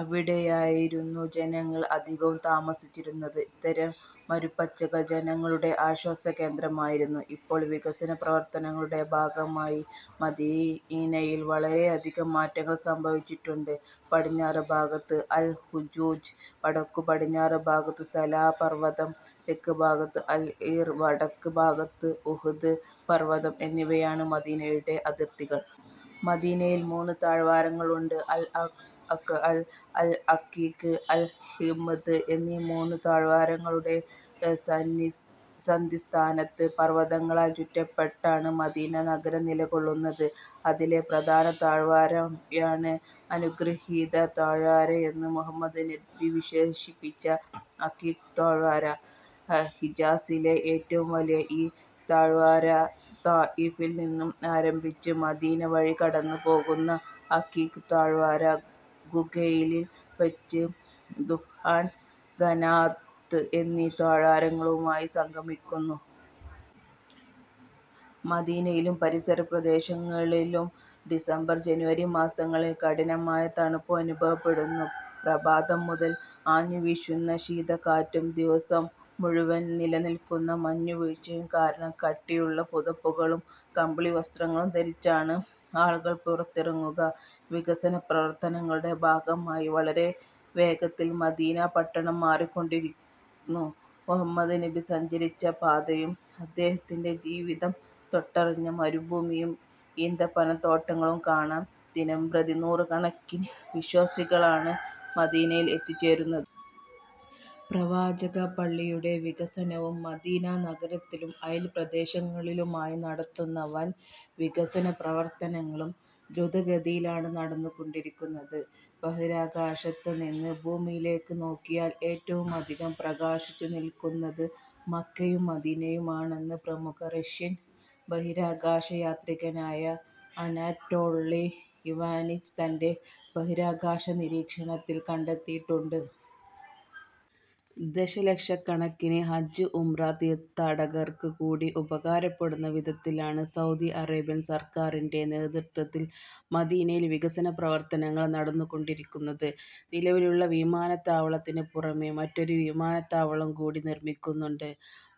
അവിടെയായിരുന്നു ജനങ്ങൾ അധികവും താമസിച്ചിരുന്നത്. ഇത്തരം മരുപ്പച്ചകൾ ജനങ്ങളുടെ ആശ്വാസകേന്ദ്രമായിരുന്നു. ഇപ്പോൾ വികസന പ്രവർത്തനങ്ങളുടെ ഭാഗമായി മദീനയിൽ വളരെയധികം മാറ്റങ്ങൾ സംഭവിച്ചിട്ടുണ്ട്. പടിഞ്ഞാറ് ഭാഗത്ത് അൽ-ഹുജൂജ്, വടക്കു പടിഞ്ഞാറ് ഭാഗത്ത് സലാ പർവതം, തെക്ക് ഭാഗത്ത് അൽ-ഈർ, വടക്ക് ഭാഗത്ത് ഉഹ്ദ് പർവതം എന്നിവയാണ് മദീനയുടെ അതിർത്തികൾ. മദീനയിൽ മൂന്ന് താഴ്വരകളുണ്ട്. അൽ-അഖ്അൽ, അൽ-അഖീഖ്, അൽ-ഹിമ്ദ് എന്നീ മൂന്നു താഴ്വരകളുടെ സന്ധിസ്ഥാനത്ത് പർവതങ്ങളാൽ ചുറ്റപ്പെട്ടാണ് മദീന നഗരം നിലകൊള്ളുന്നത്. അതിലെ പ്രധാന താഴ്വരയാണ് അനുഗൃഹീത താഴ്വരയെന്നു മുഹമ്മദ് നബി വിശേഷിപ്പിച്ച അഖീഖ് താഴ്വര. ഹിജാസിലെ ഏറ്റവും വലിയ ഈ താഴ്വര താഇഫിൽ നിന്നും ആരംഭിച്ചു മദീന വഴി കടന്നു പോകുന്ന അഖീഖ് താഴ്വര ഖുലൈലിൽ വച്ച് ഭുത്ഹാൻ, ബനാത് എന്നീ താഴ്വരകളുമായി സംഗമിക്കുന്നു. മദീനയിലും പരിസരപ്രദേശങ്ങളിലും ഡിസംബർ ജനുവരി മാസങ്ങളിൽ കഠിനമായ തണുപ്പ് അനുഭവപ്പെടുന്നു. പ്രഭാതം മുതൽ ആഞ്ഞുവീശുന്ന ശീതക്കാറ്റും ദിവസം മുഴുവൻ നിലനിൽക്കുന്ന മഞ്ഞു വീഴ്ചയും കാരണം കട്ടിയുള്ള പുതപ്പുകളും കമ്പിളിവസ്ത്രങ്ങളും ധരിച്ചാണ് ആളുകൾ പുറത്തിറങ്ങുക. വികസന പ്രവർത്തനങ്ങളുടെ ഭാഗമായി വളരെ വേഗത്തിൽ മദീന പട്ടണം മാറിക്കൊണ്ടിരിന്നു. മുഹമ്മദ് നബി സഞ്ചരിച്ച പാതയും അദ്ദേഹത്തിന്റെ ജീവിതം തൊട്ടറിഞ്ഞ മരുഭൂമിയും ഈന്തപ്പനത്തോട്ടങ്ങളും കാണാൻ ദിനംപ്രതി നൂറു കണക്കിന് വിശ്വാസികളാണ് മദീനയിൽ എത്തിച്ചേരുന്നത്. പ്രവാചക പള്ളിയുടെ വികസനവും മദീന നഗരത്തിലും അയൽ പ്രദേശങ്ങളിലുമായി നടത്തുന്ന വൻ വികസന പ്രവർത്തനങ്ങളും ധ്രുതഗതിയിലാണ് നടന്നു കൊണ്ടിരിക്കുന്നത്. ബഹിരാകാശത്ത് നിന്ന് ഭൂമിയിലേക്ക് നോക്കിയാൽ ഏറ്റവുമധികം പ്രകാശിച്ചു നിൽക്കുന്നത് മക്കയും മദീനയുമാണെന്ന് പ്രമുഖ റഷ്യൻ ബഹിരാകാശ യാത്രികനായ അനാറ്റോളി ഇവാനിച്ച് തന്റെ ബഹിരാകാശ നിരീക്ഷണത്തിൽ കണ്ടെത്തിയിട്ടുണ്ട്. ദശലക്ഷക്കണക്കിന് ഹജ്ജ്, ഉംറ തീർത്ഥാടകർക്ക് കൂടി ഉപകാരപ്പെടുന്ന വിധത്തിലാണ് സൗദി അറേബ്യൻ സർക്കാരിന്റെ നേതൃത്വത്തിൽ മദീനയിൽ വികസന പ്രവർത്തനങ്ങൾ നടന്നു കൊണ്ടിരിക്കുന്നത്. നിലവിലുള്ള വിമാനത്താവളത്തിന് പുറമേ മറ്റൊരു വിമാനത്താവളം കൂടി നിർമ്മിക്കുന്നുണ്ട്.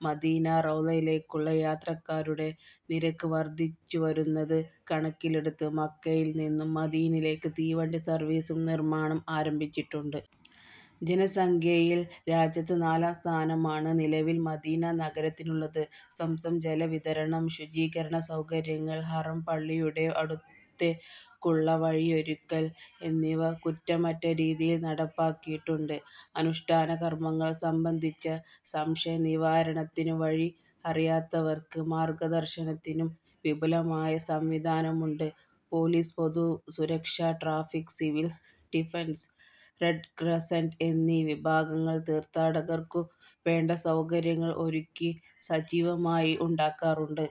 മദീനാ റൌളയിലേക്കുള്ള യാത്രക്കാരുടെ തിരക്ക് വർധിച്ചു വരുന്നത് കണക്കിലെടുത്ത് മക്കയിൽ നിന്നും മദീനയിലേക്ക് തീവണ്ടി സർവ്വീസും നിർമ്മാണം ആരംഭിച്ചിട്ടുണ്ട്. ജനസംഖ്യയിൽ രാജ്യത്ത് നാലാം സ്ഥാനമാണ് നിലവിൽ മദീന നഗരത്തിനുള്ളത്. സംസം ജലവിതരണം, ശുചീകരണ സൗകര്യങ്ങൾ, ഹറം പള്ളിയുടെ അടുത്തേക്കുള്ള വഴിയൊരുക്കൽ എന്നിവ കുറ്റമറ്റ രീതിയിൽ നടപ്പാക്കിയിട്ടുണ്ട്. അനുഷ്ഠാനകർമങ്ങൾ സംബന്ധിച്ച സംശയനിവാരണത്തിനും വഴി അറിയാത്തവർക്ക് മാർഗദർശനത്തിനും വിപുലമായ സംവിധാനവുമുണ്ട്. പോലീസ്, പൊതുസുരക്ഷ, traffic, civil defence, red crescent എന്നീ വിഭാഗങ്ങൾ തീർത്ഥാടകർക്കു വേണ്ട സൗകര്യങ്ങൾ ഒരുക്കി സജീവമായി ഉണ്ടാകാറുണ്ട്.